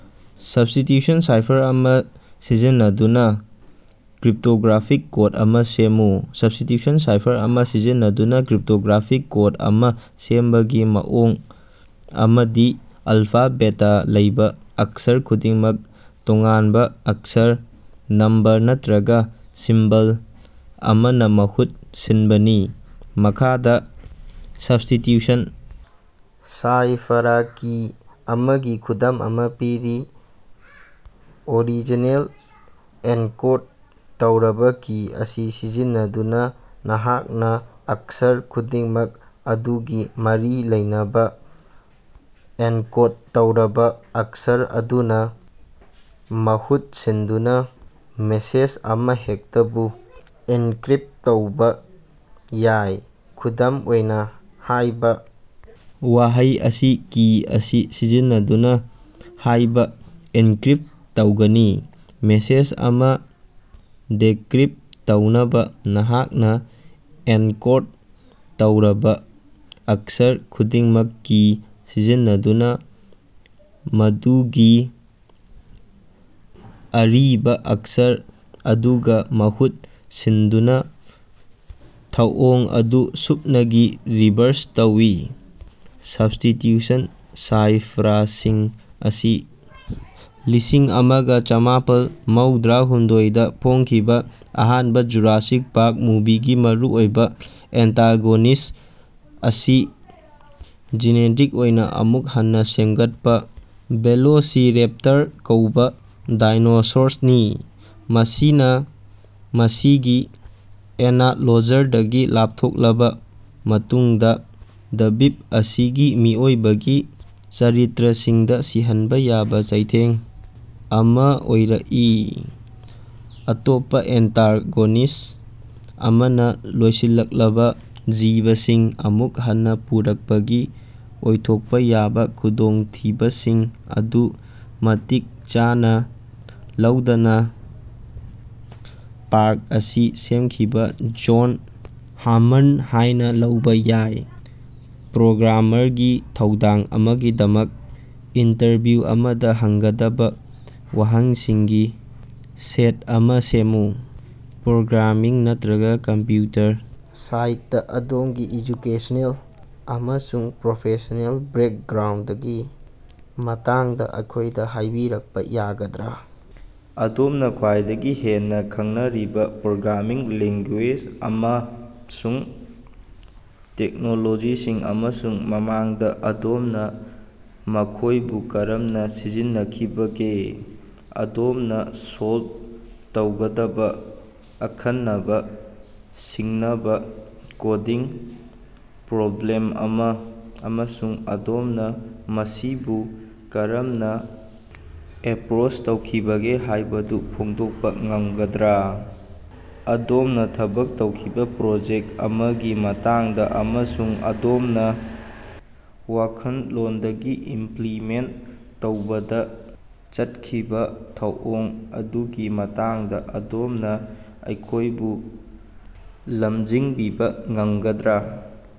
Substitution cipher ꯑꯃ ꯁꯤꯖꯤꯟꯅꯗꯨꯅ cryptographic code ꯑꯃ ꯁꯦꯝꯃꯨ꯫ ꯁꯕ꯭ꯁꯇꯤꯇ꯭ꯌꯨꯁꯟ ꯁꯥꯏꯐꯔ ꯑꯃ ꯁꯤꯖꯤꯟꯅꯗꯨꯅ ꯀ꯭ꯔꯤꯞꯇꯣꯒ꯭ꯔꯥꯐꯤꯛ ꯀꯣꯗ ꯑꯃ ꯁꯦꯝꯕꯒꯤ ꯃꯑꯣꯡ ꯑꯃꯗꯤ ꯑꯜꯐꯥ ꯕꯦꯇꯥ ꯂꯩꯕ ꯑꯛꯁꯔ ꯈꯨꯗꯤꯡꯃꯛ ꯇꯣꯉꯥꯟꯕ ꯑꯛꯁꯔ, ꯅꯝꯕꯔ ꯅꯠꯇꯔꯒ ꯁꯤꯝꯕꯣꯜ ꯑꯃꯅ ꯃꯍꯨꯠ ꯁꯤꯟꯕꯅꯤ꯫ ꯃꯈꯥꯗ ꯁꯕ꯭ꯁꯇꯤꯇ꯭ꯌꯨꯁꯟ ꯁꯥꯏꯐꯔ ꯀꯤ ꯑꯃꯒꯤ ꯈꯨꯗꯝ ꯑꯃ ꯄꯤꯔꯤ, ꯑꯣꯔꯤꯖꯤꯅꯦꯜ - ꯑꯦꯟꯀꯣꯗ ꯇꯧꯔꯕ ꯀꯤ ꯑꯁꯤ ꯁꯤꯖꯤꯟꯅꯗꯨꯅ, ꯅꯍꯥꯛꯅ ꯑꯛꯁꯔ ꯈꯨꯗꯤꯡꯃꯛ ꯃꯗꯨꯒꯤ ꯃꯔꯤ ꯂꯩꯅꯕ ꯑꯦꯟꯀꯣꯗ ꯇꯧꯔꯕ ꯑꯛꯁꯔ ꯑꯗꯨꯅ ꯃꯍꯨꯠ ꯁꯤꯟꯗꯨꯅ ꯃꯦꯁꯦꯖ ꯑꯃꯍꯦꯛꯇꯕꯨ ꯑꯦꯟꯀ꯭ꯔꯤꯞꯇ ꯇꯧꯕ ꯌꯥꯏ꯫ ꯈꯨꯗꯝ ꯑꯣꯏꯅ, ꯍꯥꯏꯕ ꯋꯥꯍꯩ ꯑꯁꯤ ꯀꯤ ꯑꯁꯤ ꯁꯤꯖꯤꯟꯅꯗꯨꯅ ꯍꯥꯏꯅ ꯑꯦꯟꯀ꯭ꯔꯤꯞꯇ ꯇꯧꯒꯅꯤ꯫ ꯃꯦꯁꯦꯖ ꯑꯃ ꯗꯤꯀ꯭ꯔꯤꯞꯇ ꯇꯧꯅꯕ, ꯅꯍꯥꯛꯅ ꯑꯦꯟꯀꯣꯗ ꯇꯧꯔꯕ ꯑꯛꯁꯔ ꯈꯨꯗꯤꯡꯃꯛ ꯀꯤ ꯁꯤꯖꯤꯟꯅꯗꯨꯅ ꯃꯗꯨꯒꯤ ꯑꯔꯤꯕ ꯑꯛꯁꯔ ꯑꯗꯨꯒ ꯃꯍꯨꯠ ꯁꯤꯟꯗꯨꯅ ꯊꯧꯑꯣꯡ ꯑꯗꯨ ꯁꯨꯞꯅꯒꯤ ꯔꯤꯚꯔꯁ ꯇꯧꯏ꯫ ꯁꯕ꯭ꯁꯇꯤꯇ꯭ꯌꯨꯁꯟ ꯁꯥꯏꯐꯔꯁꯤꯡ ꯑꯁꯤ ꯂꯤꯁꯤꯡ ꯑꯃꯒ ꯆꯃꯥꯄꯜ ꯃꯧꯗ꯭ꯔꯥ ꯍꯨꯝꯗꯣꯏꯗꯥ ꯐꯣꯉꯡꯈꯤꯕ ꯑꯍꯥꯟꯕ ꯖꯨꯔꯥꯁꯤꯛ ꯄꯥꯔꯛ ꯃꯨꯚꯤꯒꯤ ꯃꯔꯨꯑꯣꯏꯕ ꯑꯦꯟꯇꯥꯒꯣꯅꯤꯁ꯭ꯠ ꯑꯁꯤ ꯖꯤꯅꯦꯇꯤꯛ ꯑꯣꯏꯅ ꯑꯃꯨꯛ ꯍꯟꯅ ꯁꯦꯝꯒꯠꯄ ꯚꯦꯂꯣꯁꯤꯔꯦꯞꯇꯔ ꯀꯧꯕ ꯗꯥꯏꯅꯣꯁꯥꯔꯁꯅꯤ, ꯃꯁꯤꯅ ꯃꯁꯤꯒꯤ ꯑꯦꯅꯛꯂꯣꯖꯔꯗꯒꯤ ꯂꯥꯞꯊꯣꯛꯂꯕ ꯃꯇꯨꯡꯗꯥ ꯗ꯭ꯕꯤꯞ ꯑꯁꯤꯒꯤ ꯃꯤꯑꯣꯏꯕꯒꯤ ꯆꯔꯤꯇꯔꯁꯤꯡꯗ ꯁꯤꯍꯟꯕ ꯌꯥꯕ ꯆꯩꯊꯦꯡ ꯑꯃ ꯑꯣꯏꯔꯛꯏ꯫ ꯑꯇꯣꯞꯄ ꯑꯦꯟꯇꯥꯒꯣꯅꯤꯁ꯭ꯠ ꯑꯃꯅ ꯂꯣꯏꯁꯤꯜꯂꯛꯂꯕꯥ ꯖꯤꯕꯁꯤꯡ ꯑꯃꯨꯛ ꯍꯟꯅ ꯄꯨꯔꯛꯄꯒꯤ ꯑꯣꯏꯊꯣꯛꯄ ꯌꯥꯕ ꯈꯨꯗꯣꯡꯊꯤꯕꯁꯤꯡ ꯑꯗꯨ ꯃꯇꯤꯛ ꯆꯥꯅ ꯂꯧꯗꯅ ꯄꯥꯔꯛ ꯑꯁꯤ ꯁꯦꯝꯈꯤꯕ ꯖꯣꯟ ꯍ꯭ꯌꯥꯃꯟꯗ ꯍꯥꯏꯅ ꯂꯧꯕ ꯌꯥꯏ꯫ ꯄ꯭ꯔꯣꯒ꯭ꯔꯥꯝꯔꯒꯤ ꯊꯧꯗꯥꯡ ꯑꯃꯒꯤꯗꯃꯛ ꯏꯟꯇꯔꯚꯤꯎ ꯑꯃꯗ ꯍꯪꯒꯗꯕ ꯋꯥꯍꯪꯁꯤꯡꯒꯤ ꯁꯦꯠ ꯑꯃ ꯁꯦꯝꯃꯨ꯫ ꯄ꯭ꯔꯣꯒ꯭ꯔꯥꯃꯤꯡ ꯅꯠꯇꯔꯒ ꯀꯝꯄ꯭ꯌꯨꯇꯔ ꯁꯥꯏꯟꯁꯇꯥ ꯑꯗꯣꯝꯒꯤ ꯑꯦꯖꯨꯀꯦꯁꯅꯦꯜ ꯑꯃꯁꯨꯡ ꯄ꯭ꯔꯣꯐꯦꯁ꯭ꯅꯦꯜ ꯕꯦꯛꯒ꯭ꯔꯥꯎꯟꯗꯒꯤ ꯃꯇꯥꯡꯗ ꯑꯩꯈꯣꯏꯗ ꯍꯥꯏꯕꯤꯔꯛꯄ ꯌꯥꯒꯗ꯭ꯔꯥ? ꯑꯗꯣꯝꯅ ꯈ꯭ꯋꯥꯏꯗꯒꯤ ꯍꯦꯟꯅ ꯈꯪꯅꯔꯤꯕ ꯄ꯭ꯔꯣꯒ꯭ꯔꯥꯃꯤꯡ ꯂꯦꯡꯒꯨꯌꯦꯖ ꯑꯃꯁꯨꯡ ꯇꯦꯛꯅꯣꯂꯣꯖꯤꯁꯤꯡ, ꯑꯃꯁꯨꯡ ꯃꯃꯥꯡꯗ ꯑꯗꯣꯝꯅ ꯃꯈꯣꯏꯕꯨ ꯀꯔꯝꯅ ꯁꯤꯖꯤꯟꯅꯈꯤꯕꯒꯦ? ꯑꯗꯣꯝꯅ ꯁꯣꯜꯕ ꯇꯧꯒꯗꯕ ꯑꯈꯟꯅꯅ ꯁꯤꯡꯅꯕ ꯀꯣꯗꯤꯡ ꯄ꯭ꯔꯣꯕ꯭ꯂꯦꯝ ꯑꯃ, ꯑꯃꯁꯨꯡ ꯑꯗꯣꯝꯅ ꯃꯁꯤꯕꯨ ꯀꯔꯝꯅ ꯑꯦꯞꯔꯣꯆ ꯇꯧꯈꯤꯕꯒꯦ ꯍꯥꯏꯕꯗꯨ ꯐꯣꯡꯗꯣꯛꯄ ꯉꯝꯒꯗ꯭ꯔꯥ? ꯑꯗꯣꯝꯅ ꯊꯕꯛ ꯇꯧꯈꯤꯕ ꯄ꯭ꯔꯣꯖꯦꯛꯇ ꯑꯃꯒꯤ ꯃꯇꯥꯡꯗ ꯑꯃꯁꯨꯡ ꯑꯗꯣꯝꯅ ꯋꯥꯈꯟꯂꯣꯟꯗꯒꯤ ꯏꯝꯐ꯭ꯂꯤꯃꯦꯟꯇ ꯇꯧꯕꯗ ꯆꯠꯈꯤꯕ ꯊꯧꯑꯣꯡ ꯑꯗꯨꯒꯤ ꯃꯇꯥꯡꯗ ꯑꯗꯣꯝꯅ ꯑꯩꯈꯣꯏꯕꯨ ꯂꯝꯖꯤꯡꯕꯤꯕ ꯉꯝꯒꯗ꯭ꯔꯥ?